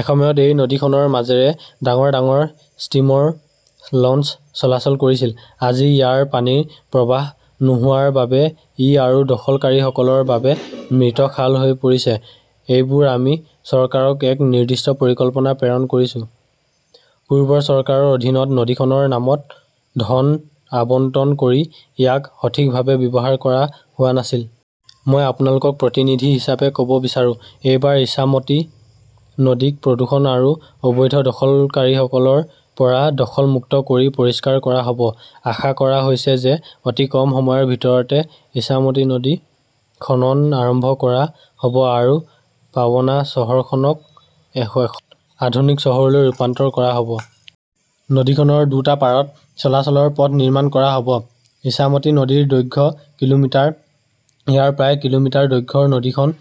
এসময়ত এই নদীখনৰ মাজেৰে ডাঙৰ ডাঙৰ ষ্টীমৰ, লঞ্চ চলাচল কৰিছিল। আজি ইয়াৰ পানীৰ প্ৰৱাহ নোহোৱাৰ বাবে ই আৰু দখলকাৰীসকলৰ বাবে মৃত খাল হৈ পৰিছে। এইবাৰ আমি চৰকাৰক এক নিৰ্দিষ্ট পৰিকল্পনা প্ৰেৰণ কৰিছো। পূৰ্বৰ চৰকাৰৰ অধীনত নদীখনৰ নামত ধন আবণ্টন কৰি ইয়াক সঠিকভাৱে ব্যৱহাৰ কৰা হোৱা নাছিল। মই আপোনালোকক প্ৰতিনিধি হিচাপে ক'ব বিচাৰো, এইবাৰ ইছামতি নদীক প্ৰদূষণ আৰু অবৈধ দখলকাৰীসকলৰ পৰা দখল মুক্ত কৰি পৰিষ্কাৰ কৰা হ'ব। আশা কৰা হৈছে যে অতি কম সময়ৰ ভিতৰতে ইছামতি নদী খনন আৰম্ভ কৰা হ'ব আৰু পাবনা চহৰখনক এখন আধুনিক চহৰলৈ ৰূপান্তৰিত কৰা হ'ব। নদীখনৰ দুটা পাৰত চলাচলৰ পথ নিৰ্মাণ কৰা হ’ব। ইছামতি নদীৰ দৈৰ্ঘ্য কিলোমিটাৰ। ইয়াৰ প্ৰায় কিলোমিটাৰ দৈৰ্ঘ্যৰ নদীখন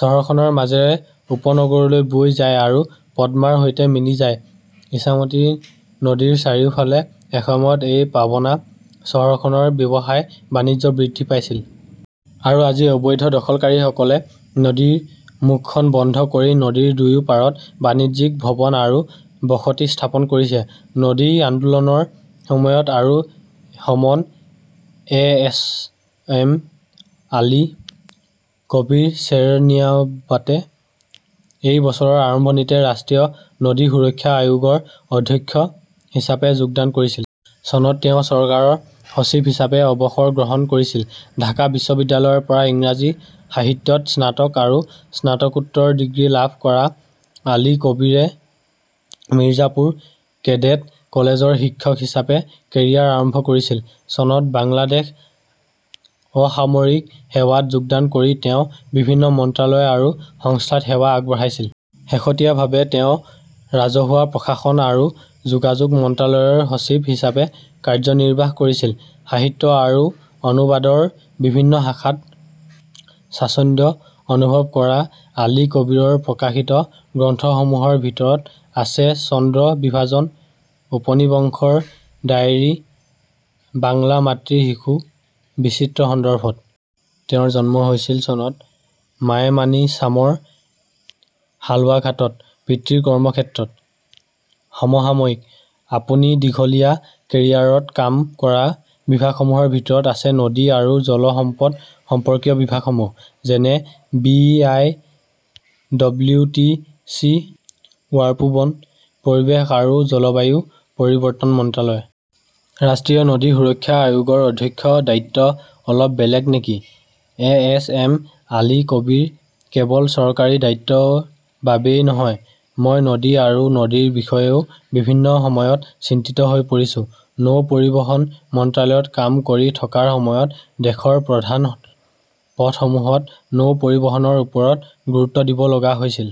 চহৰখনৰ মাজেৰে উপনগৰলৈ বৈ যায় আৰু পদ্মাৰ সৈতে মিলি যায়। ইছামতী নদীৰ চাৰিওফালে এসময়ত এই পাবনা চহৰখনৰ ব্যৱসায়-বাণিজ্য বৃদ্ধি পাইছিল। আৰু আজি, অবৈধ দখলকাৰীসকলে নদীৰ মুখখন বন্ধ কৰি নদীৰ দুয়ো পাৰত বাণিজ্যিক ভৱন আৰু বসতি স্থাপন কৰিছে। নদী আন্দোলনৰ সময় আৰু সমন A. S. M. Ali Kabir চেৰনিয়াবাতে এই বছৰৰ আৰম্ভণিতে ৰাষ্ট্ৰীয় নদী সুৰক্ষা আয়োগৰ অধ্যক্ষ হিচাপে যোগদান কৰিছিল। চনত তেওঁ চৰকাৰৰ সচিব হিচাপে অৱসৰ গ্ৰহণ কৰিছিল। ঢাকা বিশ্ববিদ্যালয়ৰ পৰা ইংৰাজী সাহিত্যত স্নাতক আৰু স্নাতকোত্তৰ ডিগ্ৰী লাভ কৰা আলী কবীৰে মিৰ্জাপুৰ কেডেট কলেজৰ শিক্ষক হিচাপে কেৰিয়াৰ আৰম্ভ কৰিছিল। চনত বাংলাদেশ অসামৰিক সেৱাত যোগদান কৰি তেওঁ বিভিন্ন মন্ত্ৰালয় আৰু সংস্থাত সেৱা আগবঢ়াইছিল। শেহতীয়াভাৱে তেওঁ ৰাজহুৱা প্ৰশাসন আৰু যোগাযোগ মন্ত্ৰালয়ৰ সচিব হিচাপে কাৰ্যনিৰ্বাহ কৰিছিল। সাহিত্য আৰু অনুবাদৰ বিভিন্ন শাখাত স্বাচ্ছন্দ্য অনুভৱ কৰা আলী কবীৰৰ প্ৰকাশিত গ্ৰন্থসমূহৰ ভিতৰত আছে চন্দ্ৰ বিভাজন, ঊনবিংশৰ ডায়েৰী, বাংলা মাতৃৰ শিশু, বিচিত্ৰ সন্দৰ্ভত। তেওঁৰ জন্ম হৈছিল চনত মাইমানিছামৰ হালৱাঘাটত, পিতৃৰ কৰ্মক্ষেত্ৰত। সমসাময়িকঃ আপুনি দীঘলীয়া কেৰিয়াৰত কাম কৰা বিভাগসমূহৰ ভিতৰত আছে নদী আৰু জল সম্পদ সম্পৰ্কীয় বিভাগসমূহ। যেনে B. I. W. T. C. WARPO বন, পৰিৱেশ আৰু জলবায়ু পৰিৱৰ্তন মন্ত্ৰালয়। ৰাষ্ট্ৰীয় নদী সুৰক্ষা আয়োগৰ অধ্যক্ষৰ দায়িত্ব অলপ বেলেগ নেকি A. S. M. Ali Kabir কেৱল চৰকাৰী দায়িত্বৰ বাবেই নহয়, মই নদী আৰু নদীৰ বিষয়েও বিভিন্ন সময়ত চিন্তিত হৈ পৰিছো। নৌ পৰিবহণ মন্ত্ৰালয়ত কাম কৰি থকাৰ সময়ত দেশৰ প্ৰধান পথসমূহত নৌ পৰিবহণৰ ওপৰত গুৰুত্ব দিব লগা হৈছিল।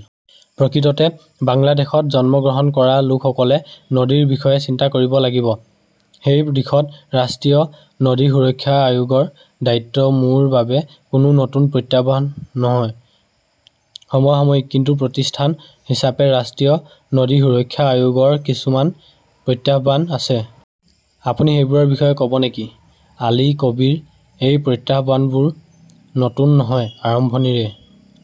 প্ৰকৃততে বাংলাদেশত জন্মগ্ৰহণ কৰা লোকসকলে নদীৰ বিষয়ে চিন্তা কৰিব লাগিব। সেই দিশত ৰাষ্ট্ৰীয় নদী সুৰক্ষা আয়োগৰ দায়িত্ব মোৰ বাবে কোনো নতুন প্ৰত্যাহ্বান নহয়। সমসাময়িকঃ কিন্তু প্ৰতিষ্ঠান হিচাপে ৰাষ্ট্ৰীয় নদী সুৰক্ষা আয়োগৰ কিছুমান প্ৰত্যাহ্বান আছে। আপুনি সেইবোৰৰ বিষয়ে ক 'ব নেকি আলী কবীৰঃ এই প্ৰত্যাহ্বানবোৰ নতুন নহয়, আৰম্ভণিৰে